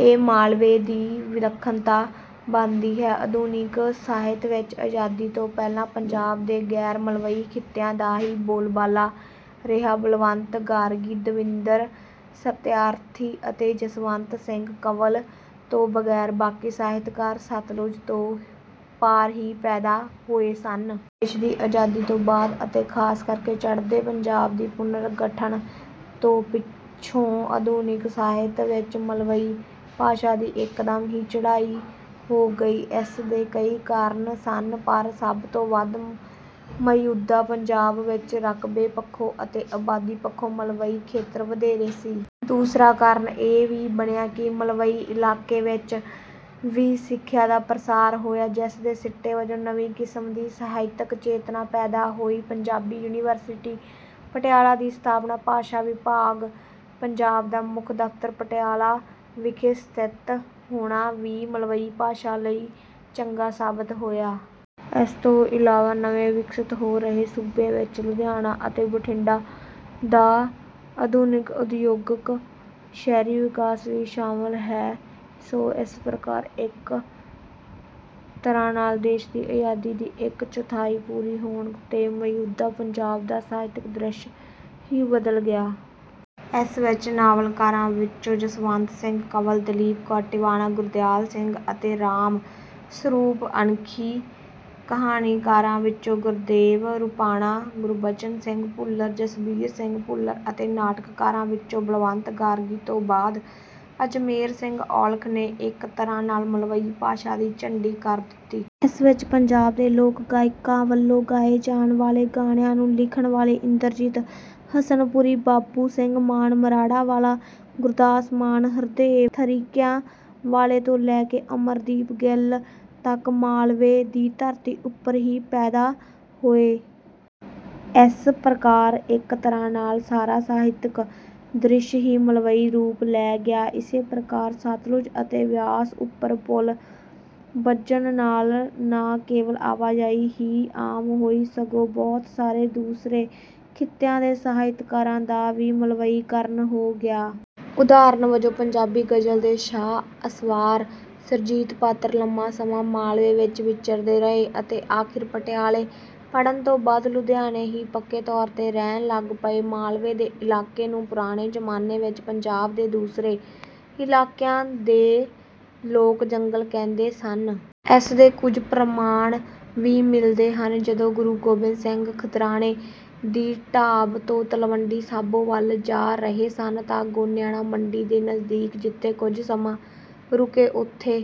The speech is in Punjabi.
ਇਹ ਮਾਲਵੇ ਦੀ ਵਿਲੱਖਣਤਾ ਬਣਦੀ ਹੈ। ਆਧੁਨਿਕ ਸਾਹਿਤ ਵਿੱਚ ਆਜ਼ਾਦੀ ਤੋਂ ਪਹਿਲਾਂ ਪੰਜਾਬ ਦੇ ਗੈਰ ਮਲਵਈ ਖਿੱਤਿਆਂ ਦਾ ਹੀ ਬੋਲਬਾਲਾ ਰਿਹਾ। ਬਲਵੰਤ ਗਾਰਗੀ ਦਵਿੰਦਰ ਸਤਿਆਰਥੀ ਅਤੇ ਜਸਵੰਤ ਸਿੰਘ ਕੰਵਲ ਤੋਂ ਬਗੈਰ ਬਾਕੀ ਸਾਹਿਤਕਾਰ ਸਤਲੁਜ ਤੋਂ ਪਾਰ ਹੀ ਪੈਦਾ ਹੋਏ ਸਨ। ਦੇਸ਼ ਦੀ ਆਜ਼ਾਦੀ ਤੋਂ ਬਾਅਦ ਅਤੇ ਖਾਸ ਕਰਕੇ ਚੜ੍ਹਦੇ ਪੰਜਾਬ ਦੀ ਪੁਨਰ ਗਠਨ ਤੋਂ ਪਿੱਛੋਂ ਆਧੁਨਿਕ ਸਾਹਿਤ ਵਿੱਚ ਮਲਵਈ ਭਾਸ਼ਾ ਦੀ ਇਕਦਮ ਹੀ ਚੜ੍ਹਾਈ ਹੋ ਗਈ। ਇਸ ਦੇ ਕਈ ਕਾਰਨ ਸਨ ਪਰ ਸਭ ਤੋਂ ਵੱਧ ਮੌਜੂਦਾ ਪੰਜਾਬ ਵਿੱਚ ਰਕਬੇ ਪੱਖੋਂ ਅਤੇ ਆਬਾਦੀ ਪੱਖੋਂ ਮਲਵਈ ਖੇਤਰ ਵਧੇਰੇ ਸੀ। ਦੂਸਰਾ ਕਾਰਨ ਇਹ ਵੀ ਬਣਿਆ ਕਿ ਮਲਵਈ ਇਲਾਕੇ ਵਿੱਚ ਵੀ ਸਿੱਖਿਆ ਦਾ ਪਸਾਰ ਹੋਇਆ ਜਿਸ ਦੇ ਸਿੱਟੇ ਵਜੋਂ ਨਵੀਂ ਕਿਸਮ ਦੀ ਸਾਹਿਤਕ ਚੇਤਨਾ ਪੈਦਾ ਹੋਈ। ਪੰਜਾਬੀ ਯੂਨੀਵਰਸਿਟੀ ਪਟਿਆਲਾ ਦੀ ਸਥਾਪਨਾ ਭਾਸ਼ਾ ਵਿਭਾਗ ਪੰਜਾਬ ਦਾ ਮੁੱਖ ਦਫਤਰ ਪਟਿਆਲਾ ਵਿਖੇ ਸਥਿਤ ਹੋਣਾ ਵੀ ਮਲਵਈ ਭਾਸ਼ਾ ਲਈ ਚੰਗਾ ਸਾਬਤ ਹੋਇਆ। ਇਸ ਤੋਂ ਇਲਾਵਾ ਨਵੇਂ ਵਿਕਸਤ ਹੋ ਰਹੇ ਸੂਬੇ ਵਿੱਚ ਲੁਧਿਆਣਾ ਅਤੇ ਬਠਿੰਡਾ ਦਾ ਆਧੁਨਿਕ ਉਦਯੋਗਿਕ ਸ਼ਹਿਰੀ ਵਿਕਾਸ ਵੀ ਸ਼ਾਮਲ ਹੈ। ਸੋ ਇਸ ਪ੍ਰਕਾਰ ਇੱਕ ਤਰ੍ਹਾਂ ਨਾਲ ਦੇਸ਼ ਦੀ ਆਜ਼ਾਦੀ ਦੀ ਇੱਕ ਚੌਥਾਈ ਪੂਰੀ ਹੋਣ ਤੇ ਮੌਜੂਦਾ ਪੰਜਾਬ ਦਾ ਸਾਹਿਤਕ ਦ੍ਰਿਸ਼ ਹੀ ਬਦਲ ਗਿਆ। ਇਸ ਵਿੱਚ ਨਾਵਲਕਾਰਾਂ ਵਿੱਚੋਂ ਜਸਵੰਤ ਸਿੰਘ ਕੰਵਲ ਦਲੀਪ ਕੌਰ ਟਿਵਾਣਾ ਗੁਰਦਿਆਲ ਸਿੰਘ ਅਤੇ ਰਾਮ ਸਰੂਪ ਅਣਖੀ ਕਹਾਣੀਕਾਰਾਂ ਵਿੱਚੋਂ ਗੁਰਦੇਵ ਰੁਪਾਣਾ ਗੁਰਬਚਨ ਸਿੰਘ ਭੁੱਲਰ ਜਸਬੀਰ ਸਿੰਘ ਭੁੱਲਰ ਅਤੇ ਨਾਟਕਕਾਰਾਂ ਵਿੱਚੋਂ ਬਲਵੰਤ ਗਾਰਗੀ ਤੋਂ ਬਾਅਦ ਅਜਮੇਰ ਸਿੰਘ ਔਲਖ ਨੇ ਇੱਕ ਤਰ੍ਹਾਂ ਨਾਲ ਮਲਵਈ ਭਾਸ਼ਾ ਦੀ ਝੰਡੀ ਕਰ ਦਿੱਤੀ। ਇਸ ਵਿੱਚ ਪੰਜਾਬ ਦੇ ਲੋਕ ਗਾਇਕਾਂ ਵੱਲੋਂ ਗਾਏ ਜਾਣ ਵਾਲੇ ਗਾਣਿਆਂ ਨੂੰ ਲਿਖਣ ਵਾਲੇ ਇੰਦਰਜੀਤ ਹਸਨਪੁਰੀ ਬਾਬੂ ਸਿੰਘ ਮਾਨ ਮਰਾੜਾਂਵਾਲਾ ਗੁਰਦਾਸ ਮਾਨ ਹਰਦੇਵ ਥਰੀਕਿਆਂ ਵਾਲੇ ਤੋਂ ਲੈ ਕੇ ਅਮਰਦੀਪ ਗਿੱਲ ਤਕ ਮਾਲਵੇ ਦੀ ਧਰਤੀ ਉਪਰ ਹੀ ਪੈਦਾ ਹੋਏ। ਇਸ ਪ੍ਰਕਾਰ ਇੱਕ ਤਰ੍ਹਾਂ ਨਾਲ ਸਾਰਾ ਸਾਹਿਤਕ ਦ੍ਰਿਸ਼ ਹੀ ਮਲਵਈ ਰੂਪ ਲੈ ਗਿਆ। ਇਸੇ ਪ੍ਰਕਾਰ ਸਤਲੁਜ ਅਤੇ ਬਿਆਸ ਉਪਰ ਪੁਲ ਬੱਝਣ ਨਾਲ ਨਾ ਕੇਵਲ ਆਵਾਜਾਈ ਹੀ ਆਮ ਹੋਈ ਸਗੋਂ ਬਹੁਤ ਸਾਰੇ ਦੂਸਰੇ ਖਿੱਤਿਆਂ ਦੇ ਸਾਹਿਤਕਾਰਾਂ ਦਾ ਵੀ ਮਲਵਈਕਰਨ ਹੋ ਗਿਆ। ਉਦਾਹਰਨ ਵਜੋਂ ਪੰਜਾਬੀ ਗ਼ਜ਼ਲ ਦੇ ਸ਼ਾਹ ਅਸਵਾਰ ਸੁਰਜੀਤ ਪਾਤਰ ਲੰਮਾ ਸਮਾਂ ਮਾਲਵੇ ਵਿੱਚ ਵਿਚਰਦੇ ਰਹੇ ਅਤੇ ਅਖੀਰ ਪਟਿਆਲੇ ਪੜ੍ਹਨ ਤੋਂ ਬਾਅਦ ਲੁਧਿਆਣੇ ਹੀ ਪੱਕੇ ਤੌਰ ਤੇ ਰਹਿਣ ਲੱਗ ਪਏ। ਮਾਲਵੇ ਦੇ ਇਲਾਕੇ ਨੂੰ ਪੁਰਾਣੇ ਜ਼ਮਾਨੇ ਵਿੱਚ ਪੰਜਾਬ ਦੇ ਦੂਸਰੇ ਇਲਾਕਿਆਂ ਦੇ ਲੋਕ ਜੰਗਲ ਕਹਿੰਦੇ ਸਨ। ਇਸ ਦੇ ਕੁਝ ਪ੍ਰਮਾਣ ਵੀ ਮਿਲਦੇ ਹਨ। ਜਦੋਂ ਗੁਰੂ ਗੋਬਿੰਦ ਸਿੰਘ ਖਦਰਾਣੇ ਦੀ ਢਾਬ ਤੋਂ ਤਲਵੰਡੀ ਸਾਬੋ ਵੱਲ ਜਾ ਰਹੇ ਸਨ ਤਾਂ ਗੋਨਿਆਣਾ ਮੰਡੀ ਦੇ ਨਜ਼ਦੀਕ ਜਿੱਥੇ ਕੁਝ ਸਮਾਂ ਰੁਕੇ ਉਥੇ